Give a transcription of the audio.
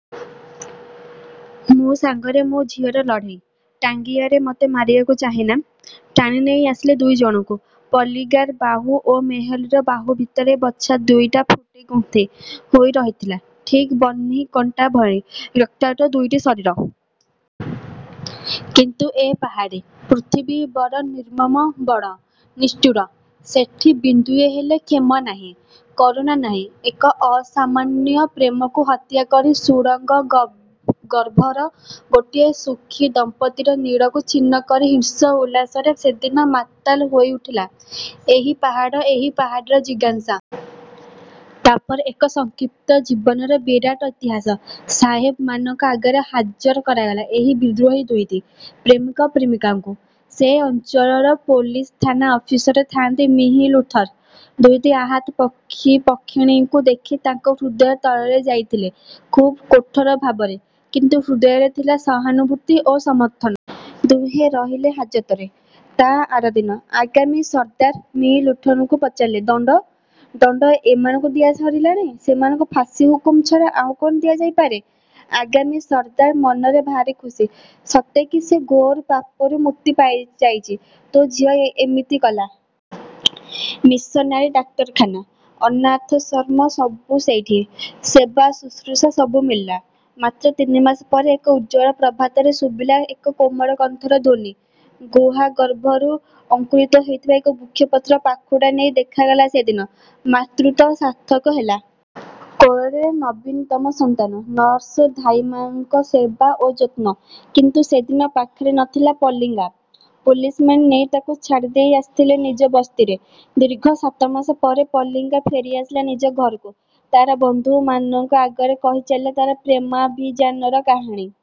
''ମୋ ସାଂଗରେ ମୋ ଝିଅର ଲଢ଼େଇ! ଟାଂଗିଆରେ ମତେ ମାରିବାକୁ ଚାହେଁ ନା! '' ଟାଣିନେଇ ଆସିଲେ ଦୁଇ ଜଣଙ୍କୁ। ପଲିଂଗାର ବାହୁ ଓ ମେହଲୀର ବାହୁ ଭିତରେ ବର୍ଚ୍ଛା ଦୁଇଟା ଫୁଟି ଗୁନ୍ଥି ହୋଇରହିଥିଲା? ଠିକ୍ ବନ୍ଶୀ କଣ୍ଟା ଭଳି। ରକ୍ତାକ୍ତ ଦୁଇଟି ଶରୀର। କିନ୍ତୁ ଏ ପାହାଡ଼ୀ ପୃଥିବୀ ବଡ଼ ନିର୍ମମ ବଡ଼ ନିଷ୍ଠୁର। ସେଠି ବିନ୍ଦୁଏ ହେଲେ କ୍ଷମା ନାହିଁ, କରୁଣା ନାହିଁ। ଏକ ଅସାମାନ୍ୟ ପ୍ରେମକୁ ହତ୍ୟାକରି ସୁଡ଼ଙ୍ଗଗର୍ଭର ଗୋଟିଏ ସୁଖୀ ଦମ୍ପତିର ନୀଡ଼କୁ ଛିନ୍ନ କରି ହିଂସ୍ର ଉଲ୍ଲାସରେ ସେଦିନ ମାତାଲ ହୋଇଉଠିଲା ଏହି ପାହାଡ଼, ଏହି ପାହାଡ଼ର ଜିଘାଂସା। ତା'ପରେ ଏକ ସଂକ୍ଷିପ୍ତ ଜୀବନର ବିରାଟ ଇତିହାସ। ସାହେବମାନଙ୍କ ଆଗରେ ହାଜର କରାଗଲା ଏହି ବିଦ୍ରୋହୀ ଦୁଇଟି ପ୍ରେମିକ-ପ୍ରେମିକାଙ୍କୁ। ସେ ଅଞ୍ଚଳର ପୋଲିସଥାନା ଅଫିସର ଥାଆନ୍ତି ମିଃ ଲୁଥର। ଦୁଇଟି ଆହତ ପକ୍ଷୀପକ୍ଷିଣୀଙ୍କି ଦେଖି ତାଙ୍କ ହୃଦୟ ତରଳି ଯାଇଥିଲେ ଖୁବ୍ କଠୋର ଭାବରେ। କିନ୍ତୁ ହୃଦୟରେ ଥିଲା ସହାନୁଭୂତି ଓ ସମର୍ଥନ। ଦୁହେଁ ରହିଲେ ହାଜତରେ। ତା ଆରଦିନ ଆଙ୍ଗାମୀ ସର୍ଦ୍ଦାର ମିଃ ଲୁଥରଙ୍କୁ ପଚାରିଲା–ଦଣ୍ଡ? –ଦଣ୍ଡ ଏମାନଙ୍କୁ ଦିଆସରିଲାଣି। ସେମାନଙ୍କୁ ଫାଶି ହୁକୁମ ଛଡ଼ା ଆଉ କ'ଣ ଦିଆଯାଇପାରେ? ଆଙ୍ଗାମୀ ସର୍ଦ୍ଦାର ମନରେ ଭାରି ଖୁସି। ସତେ କି ସେ ଘୋର ପାପରୁ ମୁକ୍ତି ପାଇଯାଇଛି। ''ତୋ ଝିଅ ଇମିତି କଲା? ମିଶନାରୀ ଡାକ୍ତରଖାନା, ଅନାଥଶଶ୍ରମ ସବୁ ସେଇଠି। ସେବା ଶୁଶ୍ରୁଷା ସବୁ ମିଳିଲା। ମାତ୍ର ତିନି ମାସ ପରେ ଏକ ଉଜ୍ଜ୍ୱଳ ପ୍ରଭାତରେ ଶୁଭିଲା ଏକ କୋମଳ କଣ୍ଠର ଧ୍ୱନି। ଗୁହାଗର୍ଭରୁ ଅଙ୍କୁରିତ ହୋଇଥିବା ଏକ ବୃକ୍ଷପତ୍ର ପାଖୁଡ଼ା ନେଇ ଦେଖାଗଲା ସେଦିନ। ମାତୃତ୍ୱ ସାର୍ଥକ ହେଲା। କୋଳରେ ନବୀନତମ ସନ୍ତାନ। ନର୍ସ, ଧାଇମାନଙ୍କ ସେବା ଓ ଯତ୍ନ। କିନ୍ତୁ ସେଦିନ ପାଖରେ ନଥିଲା ପଲିଙ୍ଗା-। ପୋଲିସମାନେ ନେଇ ତାକୁ ଛାଡ଼ିଦେଇ ଆସିଥିଲେ ନିଜ ବସ୍ତିରେ। ଦୀର୍ଘ ସାତମାସ ପରେ ପଲିଙ୍ଗା ଫେରିଆସିଲା ନିଜ ଘରକୁ। ତାର ବନ୍ଧୁମାନଙ୍କ ଆଗରେ କହିଚାଲିଲା ତାର ପ୍ରେମାଭିଯାନର କାହାଣୀ।